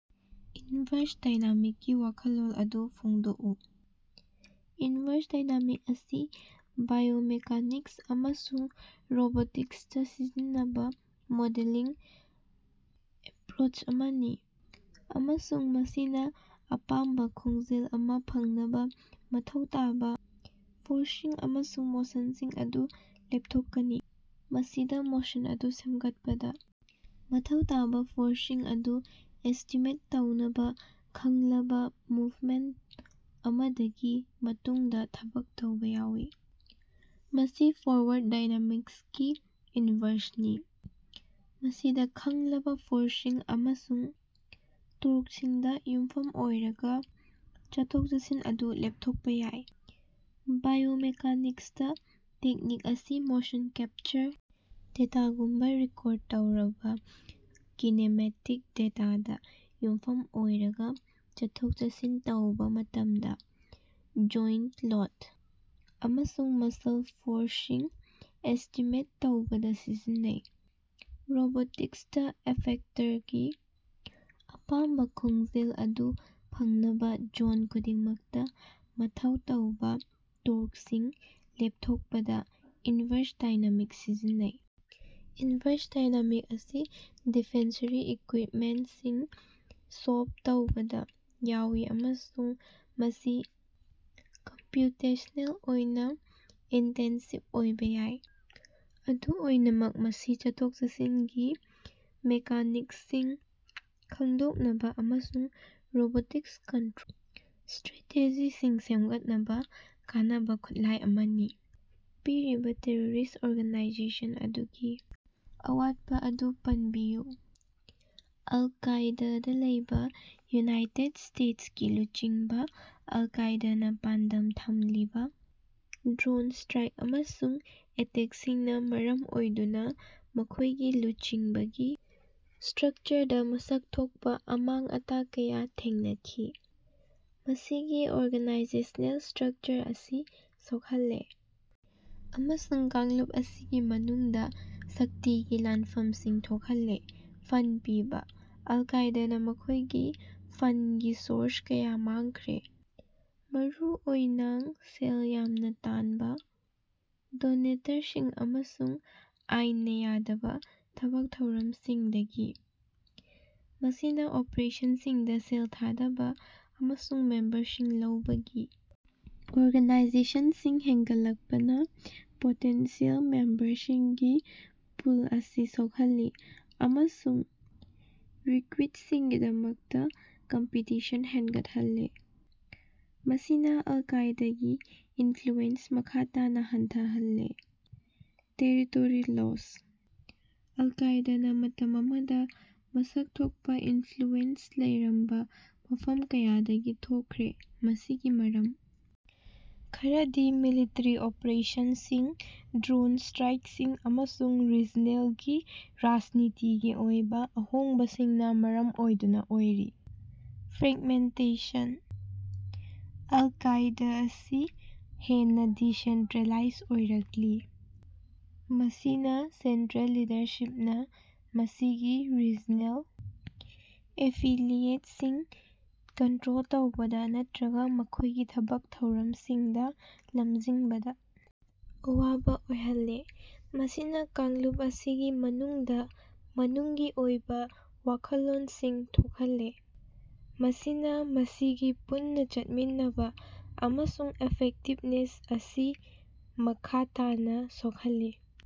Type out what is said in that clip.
Inverse dynamic ꯀꯤ ꯋꯥꯈꯜꯂꯣꯟ ꯑꯗꯨ ꯐꯣꯡꯗꯣꯛꯎ꯫ ꯏꯟꯚꯔꯁ ꯗꯥꯏꯅꯥꯃꯤꯛꯁ ꯑꯁꯤ ꯕꯥꯏꯑꯣꯃꯦꯀꯥꯅꯤꯛ ꯑꯃꯁꯨꯡ ꯔꯣꯕꯣꯇꯤꯛꯁꯇꯥ ꯁꯤꯖꯤꯟꯅꯕ ꯃꯣꯗꯦꯂꯤꯡ ꯑꯦꯄ꯭ꯔꯣꯆ ꯑꯃꯅꯤ ꯑꯃꯁꯨꯡ ꯃꯁꯤꯅ ꯑꯄꯥꯝꯕ ꯈꯣꯡꯖꯦꯜ ꯑꯃ ꯐꯪꯅꯕ ꯃꯊꯧ ꯇꯥꯕ ꯐꯣꯔꯁꯁꯤꯡ ꯑꯃꯁꯨꯡ ꯃꯣꯁꯟꯁꯤꯡ ꯑꯗꯨ ꯂꯦꯞꯊꯣꯛꯀꯅꯤ꯫ ꯃꯁꯤꯗ ꯃꯣꯁꯟ ꯑꯗꯨ ꯁꯦꯝꯒꯠꯄꯗ ꯃꯊꯧ ꯇꯥꯕ ꯐꯣꯔꯁꯁꯤꯡ ꯑꯗꯨ ꯑꯦꯁ꯭ꯇꯤꯃꯦꯠ ꯇꯧꯅꯕ ꯈꯪꯂꯕ ꯃꯨꯚꯃꯦꯟꯇ ꯑꯃꯗꯒꯤ ꯃꯇꯨꯡꯗ ꯊꯕꯛ ꯇꯧꯕ ꯌꯥꯎꯏ꯫ ꯃꯁꯤ ꯐꯣꯔꯋꯥꯔꯗ ꯗꯥꯏꯅꯥꯃꯤꯛꯁꯀꯤ ꯏꯟꯕꯔꯁꯅꯤ, ꯃꯁꯤꯗ ꯈꯪꯂꯕ ꯐꯣꯔꯁꯁꯤꯡ ꯑꯃꯁꯨꯡ ꯇꯣꯔꯀꯁꯤꯡꯗ ꯌꯨꯝꯐꯝ ꯑꯣꯏꯔꯒ ꯆꯠꯊꯣꯛ-ꯆꯠꯁꯤꯟ ꯑꯗꯨ ꯂꯦꯞꯊꯣꯛꯄ ꯌꯥꯎꯏ꯫ ꯕꯥꯏꯑꯣꯃꯦꯀꯥꯅꯤꯛꯁꯇ, ꯇꯦꯛꯅꯤꯛ ꯑꯁꯤ ꯃꯣꯁꯟ ꯀꯦꯞꯆꯔ ꯗꯦꯇꯥꯒꯨꯝꯕ ꯔꯦꯀꯣꯔꯗ ꯇꯧꯔꯕ ꯀꯤꯅꯦꯃꯦꯇꯤꯛ ꯗꯦꯇꯥꯗ ꯌꯨꯝꯐꯝ ꯑꯣꯏꯔꯒ, ꯆꯠꯊꯣꯛ-ꯆꯠꯁꯤꯟ ꯇꯧꯕ ꯃꯇꯝꯗ ꯖꯣꯏꯟꯇ ꯂꯣꯗ ꯑꯃꯁꯨꯡ ꯃꯁꯜ ꯐꯣꯔꯁꯁꯤꯡ ꯑꯦꯁ꯭ꯇꯤꯃꯦꯠ ꯇꯧꯕꯗ ꯁꯤꯖꯤꯟꯅꯩ꯫ ꯔꯣꯕꯣꯇꯤꯛꯁꯇ, ꯏꯐꯦꯛꯇꯔꯒꯤ ꯑꯄꯥꯝꯕ ꯈꯣꯡꯖꯦꯜ ꯑꯗꯨ ꯐꯪꯅꯕ ꯖꯣꯟ ꯈꯨꯗꯤꯡꯃꯛꯇ ꯃꯊꯧ ꯇꯧꯕ ꯇꯣꯔꯀꯁꯤꯡ ꯂꯦꯞꯊꯣꯛꯄꯗ ꯏꯟꯕꯔꯁ ꯗꯥꯏꯅꯥꯃꯤꯛꯁ ꯁꯤꯖꯤꯟꯅꯩ꯫ ꯏꯟꯚꯔꯁ ꯗꯥꯏꯅꯥꯃꯤꯛꯁ ꯑꯁꯤ ꯗꯤꯐꯦꯟꯁꯔꯤ ꯏꯀ꯭ꯌꯨꯏꯞꯃꯦꯟꯇꯁꯤꯡ ꯁꯣꯜꯕ ꯇꯧꯕꯗ ꯌꯥꯎꯏ ꯑꯃꯁꯨꯡ ꯃꯁꯤ ꯀꯝꯄ꯭ꯌꯨꯇꯦꯁꯅꯦꯜ ꯑꯣꯏꯅ ꯏꯟꯇꯦꯟꯁꯤꯕ ꯑꯣꯏꯕ ꯌꯥꯏ꯫ ꯑꯗꯨ ꯑꯣꯏꯅꯃꯛ ꯃꯁꯤ ꯆꯠꯊꯣꯛ-ꯆꯠꯁꯤꯟꯒꯤ ꯃꯦꯀꯥꯅꯤꯛꯁꯁꯤꯡ ꯈꯪꯗꯣꯛꯅꯕ ꯑꯃꯁꯨꯡ ꯔꯣꯕꯣꯇꯤꯛꯁꯇ ꯀꯟꯇ꯭ꯔꯣꯜ ꯁ꯭ꯠꯔꯦꯇꯦꯖꯤꯁꯤꯡ ꯁꯦꯝꯒꯠꯅꯕ ꯀꯥꯟꯅꯕ ꯈꯨꯠꯂꯥꯏ ꯑꯃꯅꯤ꯫ ꯄꯤꯔꯤꯕ ꯇꯦꯔꯣꯔꯤꯁ꯭ꯠ ꯑꯣꯔꯒꯅꯥꯏꯖꯦꯁꯟ ꯑꯗꯨꯒꯤ ꯑꯋꯥꯠꯄ ꯑꯗꯨ ꯄꯟꯕꯤꯌꯨ꯫ ꯑꯜ ꯀꯥꯏꯗꯥꯗ ꯂꯩꯕ ꯌꯨꯅꯥꯏꯇꯦꯗ ꯏꯁꯇꯦꯠꯁ ꯀꯤ ꯂꯨꯆꯤꯡꯕ: ꯑꯜ ꯀꯥꯏꯗꯥꯅ ꯄꯥꯟꯗꯝ ꯊꯝꯂꯤꯕ ꯗ꯭ꯔꯣꯟ ꯁ꯭ꯇ꯭ꯔꯥꯏꯛ ꯑꯃꯁꯨꯡ ꯑꯦꯇꯦꯛꯁꯤꯡꯅ ꯃꯔꯝ ꯑꯣꯏꯗꯨꯅ ꯃꯈꯣꯏꯒꯤ ꯂꯨꯆꯤꯡꯕꯒꯤ ꯁ꯭ꯇꯔꯛꯆꯔꯗ ꯃꯁꯛ ꯊꯣꯛꯄ ꯑꯃꯥꯡ-ꯑꯇꯥ ꯀꯌꯥ ꯊꯦꯡꯅꯈꯤ, ꯃꯁꯤꯒꯤ ꯑꯣꯔꯒꯅꯥꯏꯖꯦꯁꯅꯦꯜ ꯁ꯭ꯇꯔꯛꯆꯔ ꯑꯁꯤ ꯁꯣꯛꯍꯜꯂꯦ ꯑꯃꯁꯨꯡ ꯀꯥꯡꯂꯨꯞ ꯑꯁꯤꯒꯤ ꯃꯅꯨꯡꯗ ꯁꯛꯇꯤꯒꯤ ꯂꯥꯟꯐꯝꯁꯤꯡ ꯊꯣꯛꯍꯜꯂꯦ꯫ ꯐꯟꯗ ꯄꯤꯕ: ꯑꯜ ꯀꯥꯏꯗꯥꯅ ꯃꯈꯣꯏꯒꯤ ꯐꯟꯗꯒꯤ ꯁꯣꯔꯁ ꯀꯌꯥ ꯃꯥꯡꯈ꯭ꯔꯦ, ꯃꯔꯨꯑꯣꯏꯅꯥ ꯁꯦꯜ ꯌꯥꯝꯅ ꯇꯥꯟꯕ ꯗꯣꯅꯦꯇꯔꯁꯤꯡ ꯑꯃꯁꯨꯡ ꯑꯥꯏꯟꯅ ꯌꯥꯗꯕ ꯊꯕꯛ ꯊꯧꯔꯝꯁꯤꯡꯗꯒꯤ꯫ ꯃꯁꯤꯅ ꯑꯣꯄꯔꯦꯁꯟꯁꯤꯡꯗ ꯁꯦꯜ ꯊꯥꯗꯕ ꯑꯃꯁꯨꯡ ꯃꯦꯝꯕꯔꯁꯤꯡ ꯂꯧꯕꯒꯤ ꯑꯣꯔꯒꯅꯥꯏꯖꯦꯁꯟꯁꯤꯡ ꯍꯦꯟꯒꯠꯂꯛꯄꯅ ꯄꯣꯇꯦꯟꯁꯤꯌꯦꯜ ꯃꯦꯝꯕꯔꯁꯤꯡꯒꯤ ꯄꯨꯜ ꯑꯁꯤ ꯁꯣꯛꯍꯜꯂꯤ ꯑꯃꯁꯨꯡ ꯔꯤꯀ꯭ꯔꯨꯏꯇꯁꯤꯡꯒꯤꯗꯃꯛꯇ ꯀꯝꯄꯤꯇꯤꯁꯟ ꯍꯦꯟꯒꯠꯍꯜꯂꯦ, ꯃꯁꯤꯅ ꯑꯜ ꯀꯥꯏꯗꯥꯒꯤ ꯏꯟꯐ꯭ꯂꯨꯑꯦꯟꯁ ꯃꯈꯥ ꯇꯥꯅ ꯍꯟꯊꯍꯜꯂꯦ꯫ ꯇꯦꯔꯤꯇꯣꯔꯤ ꯂꯣꯁ: ꯑꯜ ꯀꯥꯏꯗꯥꯅ ꯃꯇꯝ ꯑꯃꯗ ꯃꯁꯛ ꯊꯣꯛꯄ ꯏꯟꯐ꯭ꯂꯨꯑꯦꯟꯁ ꯂꯩꯔꯝꯕ ꯃꯐꯝ ꯀꯌꯥꯗꯒꯤ ꯊꯣꯔꯛꯈ꯭ꯔꯦ, ꯃꯁꯤꯒꯤ ꯃꯔꯝ ꯈꯔꯗꯤ ꯃꯤꯂꯤꯇꯔꯤ ꯑꯣꯄ꯭ꯔꯦꯁꯟꯁꯤꯡ, ꯗ꯭ꯔꯣꯟ ꯁ꯭ꯇ꯭ꯔꯥꯏꯛꯁꯤꯡ, ꯑꯃꯁꯨꯡ ꯔꯤꯖꯅꯦꯜꯒꯤ ꯔꯥꯖꯅꯤꯇꯤꯒꯤ ꯑꯣꯏꯕ ꯑꯍꯣꯡꯕꯁꯤꯡꯅ ꯃꯔꯝ ꯑꯣꯏꯗꯨꯅ ꯑꯣꯏꯔꯤ꯫ ꯐ꯭ꯔꯦꯒꯃꯦꯟꯇꯦꯁꯟ: ꯑꯜ ꯀꯥꯏꯗ ꯑꯁꯤ ꯍꯦꯟꯅ ꯗꯤꯁꯦꯟꯇ꯭ꯔꯦꯂꯥꯏꯖ ꯑꯣꯏꯔꯛꯂꯤ, ꯃꯁꯤꯅ ꯁꯦꯟꯇ꯭ꯔꯦꯜ ꯂꯤꯗꯔꯁꯤꯞꯅ ꯃꯁꯤꯒꯤ ꯔꯤꯖꯅꯦꯜ ꯑꯦꯐꯤꯂꯤꯌꯦꯠꯁꯤꯡ ꯀꯟꯇ꯭ꯔꯣꯜ ꯇꯧꯕꯗ ꯅꯠꯇ꯭ꯔꯒ ꯃꯈꯣꯏꯒꯤ ꯊꯕꯛ ꯊꯧꯔꯝꯁꯤꯡꯗ ꯂꯝꯖꯤꯡꯕꯗ ꯑꯋꯥꯕ ꯑꯣꯏꯍꯜꯂꯦ꯫ ꯃꯁꯤꯅ ꯀꯥꯡꯂꯨꯞ ꯑꯁꯤꯒꯤ ꯃꯅꯨꯡꯗ ꯃꯅꯨꯡꯒꯤ ꯑꯣꯏꯕ ꯋꯥꯈꯜꯂꯣꯟꯁꯤꯡ ꯊꯣꯛꯍꯜꯂꯦ, ꯃꯁꯤꯅ ꯃꯁꯤꯒꯤ ꯄꯨꯟꯅ ꯆꯠꯃꯤꯟꯅꯕ ꯑꯃꯁꯨꯡ ꯏꯐꯦꯛꯇꯤꯕꯅꯦꯁ ꯑꯁꯤ ꯃꯈꯥ ꯇꯥꯅ ꯁꯣꯛꯍꯜꯂꯦ꯫